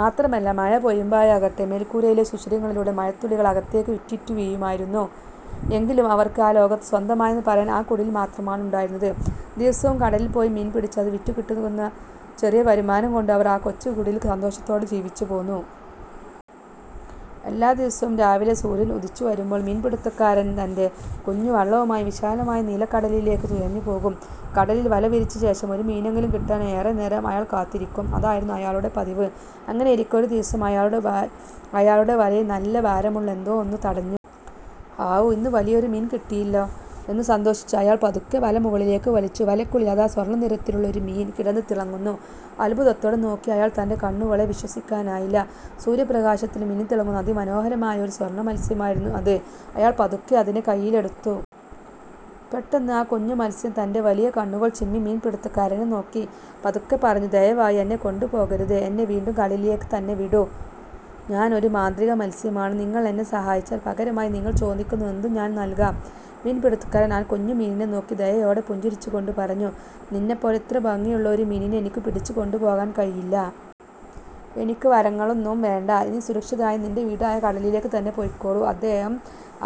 മാത്രമല്ല മഴ പെയ്യുമ്പോഴാകട്ടെ, മേൽക്കൂരയിലെ സുഷിരങ്ങളിലൂടെ മഴത്തുള്ളികൾ അകത്തേക്ക് ഇറ്റിറ്റു വീഴുമായിരുന്നു. എങ്കിലും, അവർക്ക് ആ ലോകത്ത് സ്വന്തമെന്ന് പറയാൻ ആ കുടിൽ മാത്രമാണുണ്ടായിരുന്നത്. ദിവസവും കടലിൽ പോയി മീൻ പിടിച്ചും, അത് വിറ്റു കിട്ടുന്ന ചെറിയ വരുമാനം കൊണ്ട് അവർ ആ കൊച്ചു കുടിലിൽ സന്തോഷത്തോടെ ജീവിച്ചു പോന്നു. എല്ലാ ദിവസവും രാവിലെ, സൂര്യൻ ഉദിച്ചു വരുമ്പോൾ മീൻപിടിത്തക്കാരൻ തന്റെ കുഞ്ഞു വള്ളവുമായി വിശാലമായ നീലക്കടലിലേക്ക് തുഴഞ്ഞു പോകും. കടലിൽ വല വിരിച്ച ശേഷം ഒരു മീനെങ്കിലും കിട്ടാനായി ഏറെ നേരം അയാൾ കാത്തിരിക്കും. അതായിരുന്നു അയാളുടെ പതിവ്. അങ്ങനെയിരിക്കെ ഒരു ദിവസം, അയാളുടെ വലയിൽ നല്ല ഭാരമുള്ള എന്തോ ഒന്ന് തടഞ്ഞു. "ഹാവൂ, ഇന്ന് വലിയൊരു മീൻ കിട്ടിയല്ലോ! " എന്ന് സന്തോഷിച്ച് അയാൾ പതുക്കെ വല മുകളിലേക്ക് വലിച്ചു. വലയ്ക്കുള്ളിൽ അതാ സ്വർണ്ണനിറത്തിലുള്ള ഒരു മീൻ കിടന്ന് തിളങ്ങുന്നു! അത്ഭുതത്തോടെ നോക്കിയ അയാൾക്ക് തന്റെ കണ്ണുകളെ വിശ്വസിക്കാനായില്ല. സൂര്യപ്രകാശത്തിൽ മിന്നിത്തിളങ്ങുന്ന അതിമനോഹരമായ ഒരു സ്വർണ്ണമത്സ്യമായിരുന്നു അത്. അയാൾ പതുക്കെ അതിനെ കൈയിലെടുത്തു. പെട്ടെന്ന് ആ കുഞ്ഞു മത്സ്യം തന്റെ വലിയ കണ്ണുകൾ ചിമ്മി മീൻപിടിത്തക്കാരനെ നോക്കി പതുക്കെ പറഞ്ഞു: "ദയവായി എന്നെ കൊണ്ടുപോകരുതേ! എന്നെ വീണ്ടും കടലിലേക്ക് തന്നെ വിടൂ. ഞാൻ ഒരു മാന്ത്രിക മത്സ്യമാണ്. നിങ്ങൾ എന്നെ സഹായിച്ചാൽ, പകരമായി നിങ്ങൾ ചോദിക്കുന്നതെന്തും ഞാൻ നൽകാം! " മീൻപിടിത്തക്കാരൻ ആ കുഞ്ഞു മീനിനെ നോക്കി ദയയോടെ പുഞ്ചിരിച്ചുകൊണ്ട് പറഞ്ഞു: "നിന്നെപ്പോലെ ഇത്ര ഭംഗിയുള്ള ഒരു മീനിനെ എനിക്ക് പിടിച്ചു കൊണ്ടുപോകാൻ കഴിയില്ല. എനിക്ക് വരങ്ങളൊന്നും വേണ്ട, നീ സുരക്ഷിതനായി നിന്റെ വീടായ കടലിലേക്ക് തന്നെ പൊയ്ക്കോളൂ. " അദ്ദേഹം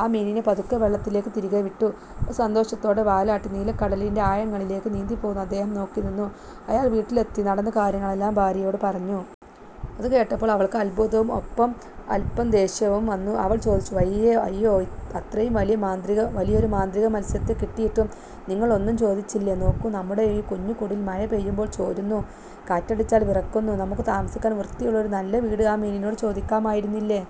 ആ മീനിനെ പതുക്കെ വെള്ളത്തിലേക്ക് തിരികെ വിട്ടു. അത് സന്തോഷത്തോടെ വാലാട്ടി നീലക്കടലിന്റെ ആഴങ്ങളിലേക്ക് നീന്തിപ്പോകുന്നത് അദ്ദേഹം നോക്കി നിന്നു. അയാൾ വീട്ടിലെത്തി നടന്ന കാര്യങ്ങളെല്ലാം ഭാര്യയോട് പറഞ്ഞു. അത് കേട്ടപ്പോൾ അവൾക്ക് അത്ഭുതവും ഒപ്പം അല്പം ദേഷ്യവും വന്നു. അവൾ ചോദിച്ചു "അയ്യോ! അത്രയും വലിയൊരു മാന്ത്രിക മത്സ്യത്തെ കിട്ടിയിട്ടും നിങ്ങൾ ഒന്നും ചോദിച്ചില്ലേ? നോക്കൂ, നമ്മുടെ ഈ കുഞ്ഞു കുടിൽ മഴ പെയ്യുമ്പോൾ ചോരുന്നു, കാറ്റടിച്ചാൽ വിറയ്ക്കുന്നു. നമുക്ക് താമസിക്കാൻ വൃത്തിയുള്ള ഒരു നല്ല വീട് ആ മീനിനോട് ചോദിക്കാമായിരുന്നില്ലേ?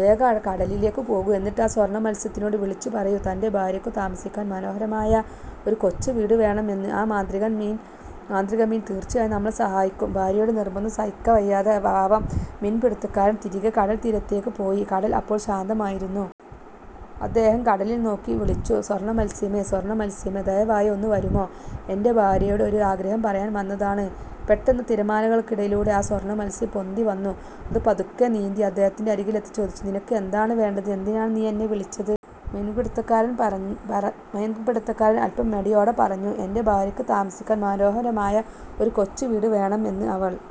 വേഗം കടലിലേക്ക് പോകൂ. എന്നിട്ട് ആ സ്വർണ്ണമത്സ്യത്തിനോട് വിളിച്ചു പറയൂ: എന്റെ ഭാര്യയ്ക്ക് താമസിക്കാൻ മനോഹരമായ ഒരു കൊച്ചു വീട് വേണം എന്ന്. ആ മാന്ത്രിക മീൻ തീർച്ചയായും നമ്മളെ സഹായിക്കും! " ഭാര്യയുടെ നിർബന്ധം സഹിക്കവയ്യാതെ പാവം മീൻപിടിത്തക്കാരൻ തിരികെ കടൽത്തീരത്തേക്ക് പോയി. കടൽ അപ്പോൾ ശാന്തമായിരുന്നു. അദ്ദേഹം കടലിൽ നോക്കി വിളിച്ചു "സ്വർണ്ണമത്സ്യമേ, സ്വർണ്ണമത്സ്യമേ, ദയവായി ഒന്ന് വരുമോ? എന്റെ ഭാര്യയുടെ ഒരു ആഗ്രഹം പറയാൻ വന്നതാണ്. " പെട്ടെന്ന്, തിരമാലകൾക്കിടയിലൂടെ ആ സ്വർണ്ണമത്സ്യം പൊന്തിവന്നു. അത് പതുക്കെ നീന്തി അദ്ദേഹത്തിന് അരികിലെത്തി ചോദിച്ചു: "നിനക്ക് എന്താണ് വേണ്ടത്? എന്തിനാണ് നീ എന്നെ വിളിച്ചത്? " മീൻപിടിത്തക്കാരൻ അല്പം മടിയോടെ പറഞ്ഞു: "എന്റെ ഭാര്യയ്ക്ക് താമസിക്കാൻ മനോഹരമായ ഒരു കൊച്ചു വീട് വേണം എന്ന് അവൾ